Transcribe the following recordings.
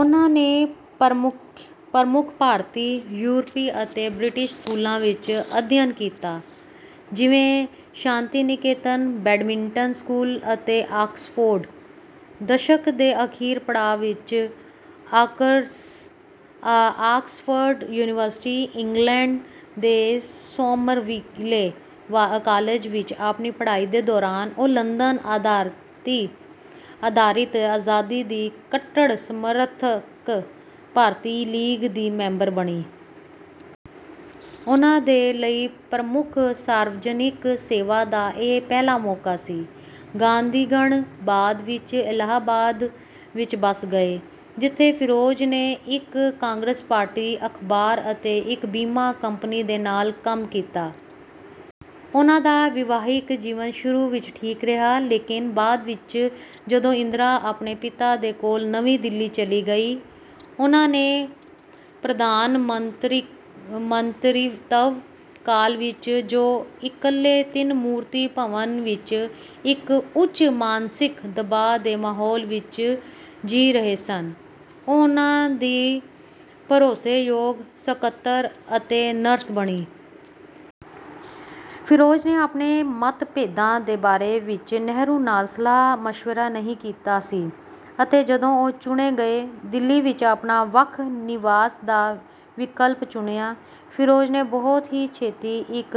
ਉਨ੍ਹਾਂ ਨੇ ਪ੍ਰਮੁੱਖ ਭਾਰਤੀ, ਯੂਰਪੀ ਅਤੇ ਬ੍ਰਿਟਿਸ਼ ਸਕੂਲਾਂ ਵਿੱਚ ਅਧਿਅਨ ਕੀਤਾ, ਜਿਵੇਂ ਸ਼ਾਂਤੀਨਿਕੇਤਨ, ਬੈਡਮਿੰਟਨ ਸਕੂਲ ਅਤੇ ਆਕਸਫੋਰਡ। ਦਸ਼ਕ ਦੇ ਅਖੀਰ ਪੜਾਅ ਵਿੱਚ ਆਕਸਫਰਡ ਯੂਨੀਵਰਸਿਟੀ, ਇੰਗਲੈਂਡ ਦੇ ਸੋਮਰਵਿੱਲੇ ਕਾਲਜ ਵਿੱਚ ਆਪਣੀ ਪੜਾਈ ਦੇ ਦੌਰਾਨ ਉਹ ਲੰਦਨ ਆਧਾਰਿਤ ਆਜ਼ਾਦੀ ਦੀ ਕੱਟੜ ਸਮਰਥਕ ਭਾਰਤੀ ਲੀਗ ਦੀ ਮੈਂਬਰ ਬਣੀ। ਉਨ੍ਹਾਂ ਦੇ ਲਈ ਪ੍ਰਮੁੱਖ ਸਾਰਵਜਨਿਕ ਸੇਵਾ ਦਾ ਇਹ ਪਹਿਲਾ ਮੌਕਾ ਸੀ। ਗਾਂਧੀਗਣ ਬਾਅਦ ਵਿੱਚ ਇਲਾਹਾਬਾਦ ਵਿੱਚ ਬਸ ਗਏ, ਜਿੱਥੇ ਫਿਰੋਜ ਨੇ ਇੱਕ ਕਾਂਗਰਸ ਪਾਰਟੀ ਅਖਬਾਰ ਅਤੇ ਇੱਕ ਬੀਮਾ ਕੰਪਨੀ ਦੇ ਨਾਲ ਕੰਮ ਕੀਤਾ। ਉਨ੍ਹਾਂ ਦਾ ਵਿਵਾਹਿਕ ਜੀਵਨ ਸ਼ੁਰੂ ਵਿੱਚ ਠੀਕ ਰਿਹਾ, ਲੇਕਿਨ ਬਾਅਦ ਵਿੱਚ ਜਦੋਂ ਇੰਦਰਾ ਆਪਣੇ ਪਿਤਾ ਦੇ ਕੋਲ ਨਵੀਂ ਦਿੱਲੀ ਚੱਲੀ ਗਈ, ਉਨ੍ਹਾਂ ਦੇ ਪ੍ਰਧਾਨਮੰਤਰਿਤਵ ਕਾਲ ਵਿੱਚ ਜੋ ਇਕੱਲੇ ਤਿੰਨ ਮੂਰਤੀ ਭਵਨ ਵਿੱਚ ਇੱਕ ਉੱਚ ਮਾਨਸਿਕ ਦਬਾਅ ਦੇ ਮਾਹੌਲ ਵਿੱਚ ਜੀ ਰਹੇ ਸਨ, ਉਹ ਉਨ੍ਹਾਂ ਦੀ ਭਰੋਸੇ ਯੋਗ, ਸਕੱਤਰ ਅਤੇ ਨਰਸ ਬਣੀ। ਫਿਰੋਜ ਨੇ ਆਪਣੇ ਮੱਤਭੇਦਾਂ ਦੇ ਬਾਰੇ ਵਿੱਚ ਨਹਿਰੂ ਨਾਲ ਸਲਾਹ ਮਸ਼ਵਿਰਾ ਨਹੀ ਕੀਤਾ ਸੀ, ਅਤੇ ਜਦੋਂ ਉਹ ਚੁਣੇ ਗਏ, ਦਿੱਲੀ ਵਿੱਚ ਆਪਣਾ ਵੱਖ ਨਿਵਾਸ ਦਾ ਵਿਕਲਪ ਚੁਣਿਆ। ਫਿਰੋਜ ਨੇ ਬਹੁਤ ਹੀ ਛੇਤੀ ਇੱਕ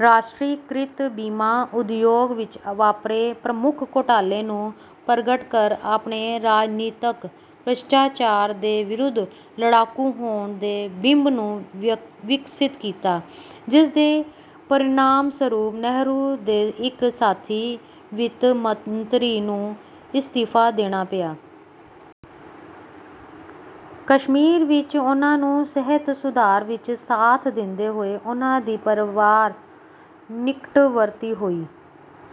ਰਾਸ਼ਟਰੀਕ੍ਰਿਤ ਬੀਮਾ ਉਦਯੋਗ ਵਿੱਚ ਵਾਪਰੇ ਪ੍ਰਮੁੱਖ ਘੋਟਾਲੇ ਨੂੰ ਪਰਗਟ ਕਰ ਆਪਣੇ ਰਾਜਨੀਤਕ ਭ੍ਰਿਸ਼ਟਾਚਾਰ ਦੇ ਵਿਰੁੱਧ ਲੜਾਕੂ ਹੋਣ ਦੇ ਬਿੰਬ ਨੂੰ ਵਿਕਸਿਤ ਕੀਤਾ, ਜਿਸਦੇ ਪਰਿਣਾਮਸਰੂਪ ਨਹਿਰੂ ਦੇ ਇੱਕ ਸਾਥੀ, ਵਿੱਤ ਮੰਤਰੀ, ਨੂੰ ਇਸਤੀਫਾ ਦੇਣਾ ਪਿਆ। ਕਸ਼ਮੀਰ ਵਿੱਚ ਉਨ੍ਹਾਂ ਨੂੰ ਸਿਹਤ ਸੁਧਾਰ ਵਿੱਚ ਸਾਥ ਦਿੰਦੇ ਹੋਏ ਉਨ੍ਹਾਂ ਦੀ ਪਰਵਾਰ ਨਿਕਟਵਰਤੀ ਹੋਈ।